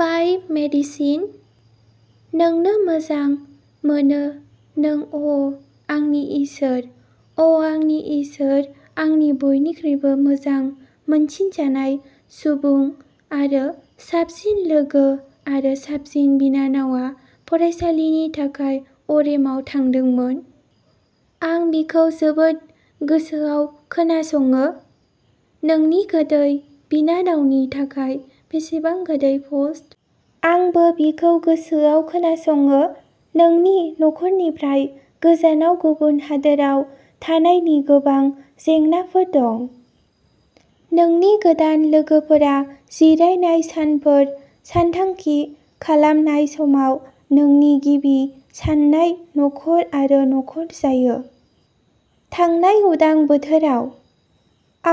बाय' medicine. नोंनो मोजां मोनो नों अ' आंनि इसोर, अ' आंनि इसोर आंनि बयनिख्रुइबो मोजां मोनसिनजानाय सुबुं आरो साबसिन लोगो आरो साबसिन बिनानावआ फरायसालिनि थाखाय अरेमाव थांदोंमोन। आं बिखौ जोबोद गोसोआव खोनासङो। नोंनि गोदै बिनानावनि थाखाय बेसेबां गोदै पस्ट। आंबो बिखौ गोसोआव खोनासङो नोंनि नखरनिफ्राय गोजानाव गुबुन हादोराव थानायनि गोबां जेंनाफोर दं। नोंनि गोदान लोगोफोरा जिरायनाय सानफोर सानथांखि खालामनाय समाव नोंनि गिबि साननाय नखर आरो नखर जायो। थांनाय उदां बोथोराव,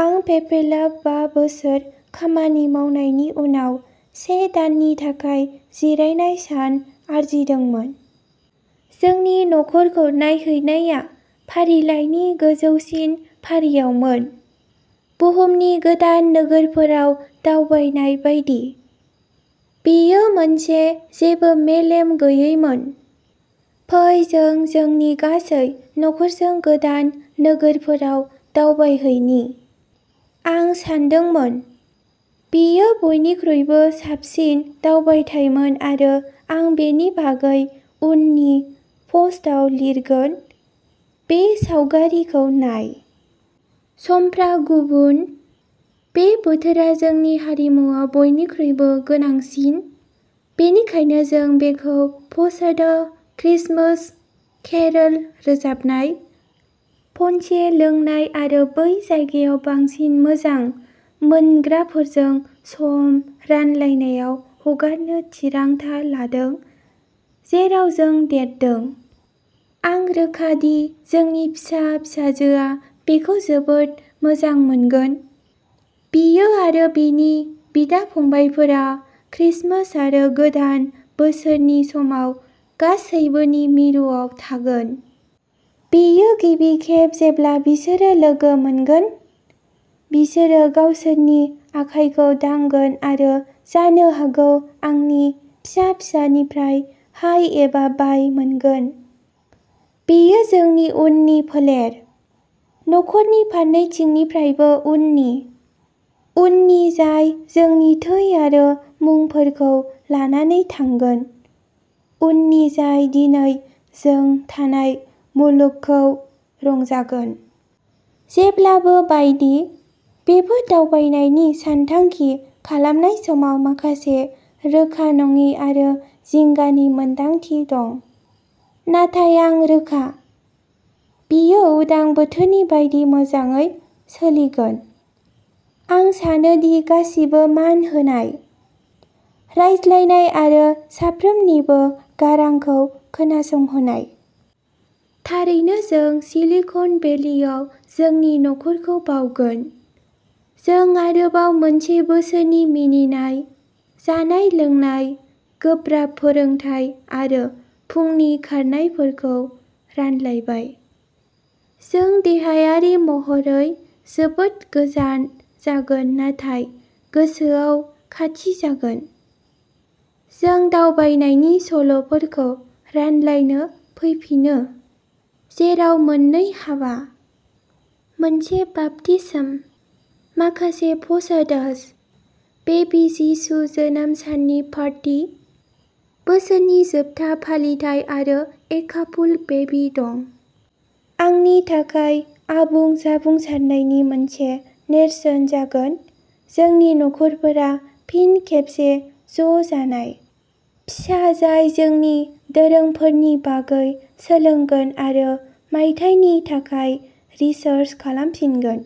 आं पेपेलाव बा बोसोर खामानि मावनायनि उनाव से दाननि थाखाय जिरायनाय सान आरजिदोंमोन। जोंनि नखरखौ नायहैनाया फारिलाइनि गोजौसिन फारियावमोन, बुहुमनि गोदान नोगोरफोराव दावबायनाय बायदि। बेयो मोनसे जेबो मेलेम गैयैमोन, फै जों जोंनि गासै नखरजों गोदान नोगोरफोराव दावबायहैनि, आं सानदोंमोन। बेयो बयनिख्रुइ साबसिन दावबायथायमोन आरो आं बेनि बागै उननि पस्टआव लिरगोन, बे सावगारिखौ नाय। समफ्रा गुबुन, बे बोथोरा जोंनि हारिमुआव बयनिख्रुइबो गोनांसिन, बेनिखायनो जों बेखौ पसादा, क्रिसमास, केर'ल रोजाबनाय, पन्चे लोंनाय आरो बै जायगायाव बांसिन मोजां मोनग्राफोरजों सम रानलायनायाव हगारनो थिरांथा लादों, जेराव जों देरदों। आं रोखा दि जोंनि फिसा फिसाजोआ बेखौ जोबोद मोजां मोनगोन, बियो आरो बिनि बिदा-फंबायफोरा क्रिसमास आरो गोदान बोसोरनि समाव गासैबोनि मिरुआव थागोन। बेयो गिबि खेब जेब्ला बिसोरो लोगो मोनगोन, बिसोरो गावसोरनि आखाइखौ दांगोन आरो जानो हागौ आंनि फिसा फिसानिफ्राय हाय एबा बाय मोनगोन। बेयो जोंनि उननि फोलेर, नखरनि फारनैथिंनिफ्रायबो उननि, उननि जाय जोंनि थै आरो मुंफोरखौ लानानै थांगोन, उननि जाय दिनै जों थानाय मुलुगखौ रंजागोन। जेब्लाबो बायदि, बेफोर दावबायनायनि सानथांखि खालामनाय समाव माखासे रोखा नङि आरो जिंगानि मोनदांथि दं, नाथाय आं रोखा। बियो उदां बोथोरनि बायदि मोजाङै सोलिगोन। आं सानो दि गासिबो मान होनाय, रायज्लायनाय आरो साफ्रोमनिबो गारांखौ खोनासंहोनाय। थारैनो जों सिलिकन भेलियाव जोंनि नखरखौ बावगोन, जों आरोबाव मोनसे बोसोरनि मिनिनाय, जानाय-लोंनाय, गोब्राब फोरोंथाय आरो फुंनि खारनायफोरखौ रानलायबाय। जों देहायारि महरै जोबोद गोजान जागोन नाथाय गोसोयाव खाथि जागोन। जों दावबायनायनि सल'फोरखौ रानलायनो फैफिनो, जेराव मोननै हाबा, मोनसे बाप्तिस्म, माखासे पसादास, बेबी जिसु जोनोम साननि पार्टी, बोसोरनि जोबथा फालिथाय आरो एकापुल्क'बेबी दं। आंनि थाखाय आबुं जाफुंसारनायनि मोनसे नेरसोन जागोन जोंनि नखरफोरा फिन खेबसे ज'जानाय, फिसा जाय जोंनि दोरोंफोरनि बागै सोलोंगोन आरो मायथाइनि थाखाय रिचार्ज खालामफिनगोन।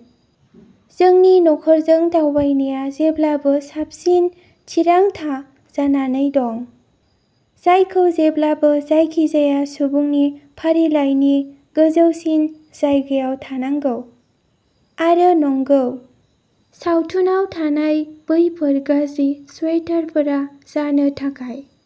जोंनि नखरजों दावबायनाया जेब्लाबो साबसिन थिरांथा जानानै दं, जायखौ जेब्लाबो जायखिजाया सुबुंनि फारिलाइनि गोजौसिन जायगायाव थानांगौ। आरो नंगौ, सावथुनाव थानाय बैफोर गाज्रि स्वेटारफोरा जानो थाखाय।